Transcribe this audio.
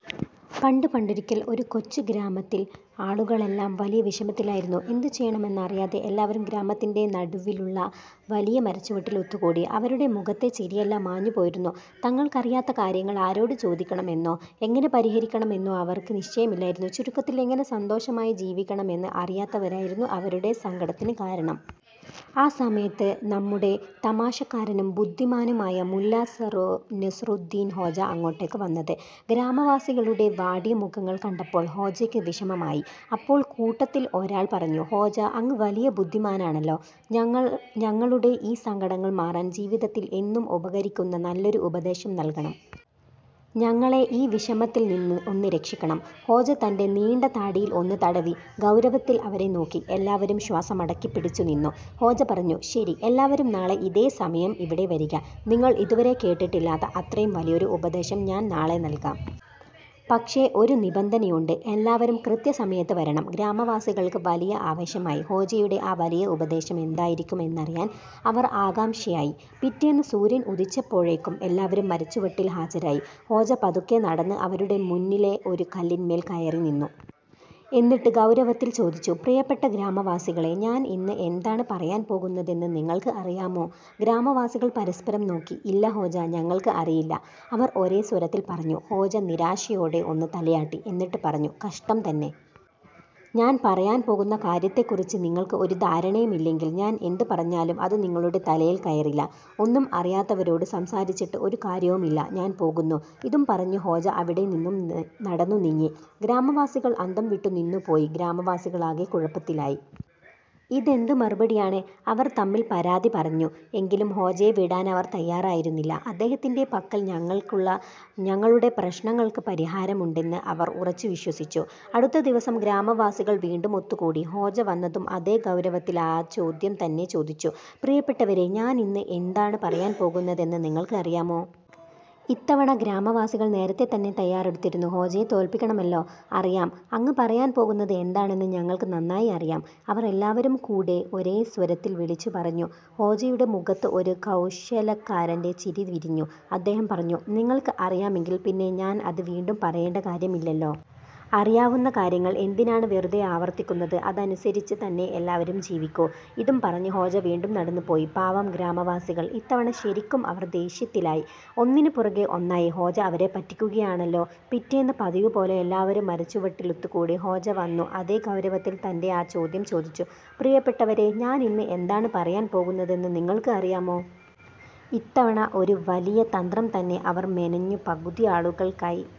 പണ്ട് പണ്ടൊരിക്കൽ, ഒരു കൊച്ചു ഗ്രാമത്തിൽ ആളുകളെല്ലാം വലിയ വിഷമത്തിലായിരുന്നു. എന്തുചെയ്യണമെന്നറിയാതെ എല്ലാവരും ഗ്രാമത്തിന്റെ നടുവിലുള്ള വലിയ മരച്ചുവട്ടിൽ ഒത്തുകൂടി. അവരുടെ മുഖത്തെ ചിരിയെല്ലാം മാഞ്ഞുപോയിരുന്നു. തങ്ങൾക്കറിയാത്ത കാര്യങ്ങൾ ആരോട് ചോദിക്കണം എന്നോ എങ്ങനെ പരിഹരിക്കണം എന്നോ അവർക്ക് നിശ്ചയമില്ലായിരുന്നു. ചുരുക്കത്തിൽ, എങ്ങനെ സന്തോഷമായി ജീവിക്കണമെന്ന് അറിയാത്തതായിരുന്നു അവരുടെ സങ്കടത്തിന് കാരണം. ആ സമയത്താണ് നമ്മുടെ തമാശക്കാരനും ബുദ്ധിമാനുമായ മുല്ലാ നസറുദ്ദീൻ ഹോജ അങ്ങോട്ടേക്ക് വന്നത്. ഗ്രാമവാസികളുടെ വാടിയ മുഖങ്ങൾ കണ്ടപ്പോൾ ഹോജയ്ക്കും വിഷമമായി. അപ്പോൾ കൂട്ടത്തിൽ ഒരാൾ പറഞ്ഞു: "ഹോജ, അങ്ങ് വലിയ ബുദ്ധിമാനാണല്ലോ. ഞങ്ങളുടെ ഈ സങ്കടങ്ങൾ മാറാൻ ജീവിതത്തിൽ എന്നും ഉപകരിക്കുന്ന നല്ലൊരു ഉപദേശം നൽകണം. ഞങ്ങളെ ഈ വിഷമത്തിൽ നിന്ന് ഒന്ന് രക്ഷിക്കണം. " ഹോജ തന്റെ നീണ്ട താടിയിൽ ഒന്ന് തടവി, ഗൗരവത്തിൽ അവരെ നോക്കി. എല്ലാവരും ശ്വാസമടക്കി പിടിച്ചു നിന്നു. ഹോജ പറഞ്ഞു: "ശരി, എല്ലാവരും നാളെ ഇതേ സമയം ഇവിടെ വരിക. നിങ്ങൾ ഇതുവരെ കേട്ടിട്ടില്ലാത്ത അത്രയും വലിയൊരു ഉപദേശം ഞാൻ നാളെ നൽകാം. പക്ഷേ ഒരു നിബന്ധനയുണ്ട്, എല്ലാവരും കൃത്യസമയത്ത് വരണം! " ഗ്രാമവാസികൾക്ക് വലിയ ആവേശമായി. ഹോജയുടെ ആ 'വലിയ ഉപദേശം' എന്തായിരിക്കും എന്നറിയാൻ അവർക്ക് ആകാംക്ഷയായി. പിറ്റേന്ന് സൂര്യൻ ഉദിച്ചപ്പോഴേക്കും എല്ലാവരും മരച്ചുവട്ടിൽ ഹാജരായി. ഹോജ പതുക്കെ നടന്ന് അവരുടെ മുന്നിലെ ഒരു കല്ലിന്മേൽ കയറി നിന്നു. എന്നിട്ട് ഗൗരവത്തിൽ ചോദിച്ചു: "പ്രിയപ്പെട്ട ഗ്രാമവാസികളേ, ഞാൻ ഇന്ന് എന്താണ് പറയാൻ പോകുന്നതെന്ന് നിങ്ങൾക്ക് അറിയാമോ? " ഗ്രാമവാസികൾ പരസ്പരം നോക്കി. "ഇല്ല ഹോജ, ഞങ്ങൾക്ക് അറിയില്ല. " അവർ ഒരേ സ്വരത്തിൽ പറഞ്ഞു. ഹോജ നിരാശയോടെ ഒന്ന് തലയാട്ടി. എന്നിട്ട് പറഞ്ഞു: "കഷ്ടം തന്നെ! ഞാൻ പറയാൻ പോകുന്ന കാര്യത്തെക്കുറിച്ച് നിങ്ങൾക്ക് ഒരു ധാരണയുമില്ലെങ്കിൽ, ഞാൻ എന്ത് പറഞ്ഞാലും അത് നിങ്ങളുടെ തലയിൽ കയറില്ല. ഒന്നും അറിയാത്തവരോട് സംസാരിച്ചിട്ട് ഒരു കാര്യവുമില്ല. ഞാൻ പോകുന്നു! " ഇതും പറഞ്ഞ് ഹോജ അവിടെ നിന്നും നടന്നു നീങ്ങി. ഗ്രാമവാസികൾ അന്തംവിട്ടു നിന്നുപോയി ഗ്രാമവാസികൾ ആകെ കുഴപ്പത്തിലായി. "ഇതെന്ത് മറുപടിയാണ്? " അവർ തമ്മിൽ പരാതി പറഞ്ഞു. എങ്കിലും ഹോജയെ വിടാൻ അവർ തയ്യാറായിരുന്നില്ല. അദ്ദേഹത്തിന്റെ പക്കൽ തങ്ങളുടെ പ്രശ്നങ്ങൾക്ക് പരിഹാരമുണ്ടെന്ന് അവർ ഉറച്ചു വിശ്വസിച്ചു. അടുത്ത ദിവസം ഗ്രാമവാസികൾ വീണ്ടും ഒത്തുകൂടി. ഹോജ വന്നതും അതേ ഗൗരവത്തിൽ ആ ചോദ്യം തന്നെ ചോദിച്ചു: "പ്രിയപ്പെട്ടവരേ, ഞാൻ ഇന്ന് എന്താണ് പറയാൻ പോകുന്നതെന്ന് നിങ്ങൾക്ക് അറിയാമോ? " ഇത്തവണ ഗ്രാമവാസികൾ നേരത്തെ തന്നെ തയ്യാറെടുത്തിരുന്നു. ഹോജയെ തോൽപ്പിക്കണമല്ലോ! "അറിയാം! അങ്ങ് പറയാൻ പോകുന്നത് എന്താണെന്ന് ഞങ്ങൾക്ക് നന്നായി അറിയാം! " അവർ എല്ലാവരും കൂടി ഒരേ സ്വരത്തിൽ വിളിച്ചു പറഞ്ഞു. ഹോജയുടെ മുഖത്ത് ഒരു കൗശലക്കാരന്റെ ചിരി വിരിഞ്ഞു. അദ്ദേഹം പറഞ്ഞു: "നിങ്ങൾക്ക് അറിയാമെങ്കിൽ പിന്നെ ഞാൻ അത് വീണ്ടും പറയേണ്ട കാര്യമില്ലല്ലോ. അറിയാവുന്ന കാര്യങ്ങൾ എന്തിനാണ് വെറുതെ ആവർത്തിക്കുന്നത്? അതനുസരിച്ച് തന്നെ എല്ലാവരും ജീവിക്കൂ! " ഇതും പറഞ്ഞ് ഹോജ വീണ്ടും നടന്നുപോയി. പാവം ഗ്രാമവാസികൾ! ഇത്തവണ ശരിക്കും അവർ ദേഷ്യത്തിലായി. ഒന്നിന് പുറകെ ഒന്നായി ഹോജ അവരെ പറ്റിക്കുകയാണല്ലോ. പിറ്റേന്ന് പതിവുപോലെ എല്ലാവരും മരച്ചുവട്ടിൽ ഒത്തുകൂടി. ഹോജ വന്നു അതേ ഗൗരവത്തിൽ തന്റെ ആ ചോദ്യം ചോദിച്ചു: "പ്രിയപ്പെട്ടവരേ, ഞാൻ ഇന്ന് എന്താണ് പറയാൻ പോകുന്നതെന്ന് നിങ്ങൾക്ക് അറിയാമോ? " ഇത്തവണ ഒരു വലിയ തന്ത്രം തന്നെ അവർ മെനഞ്ഞു. പകുതി ആളുകൾ കൈ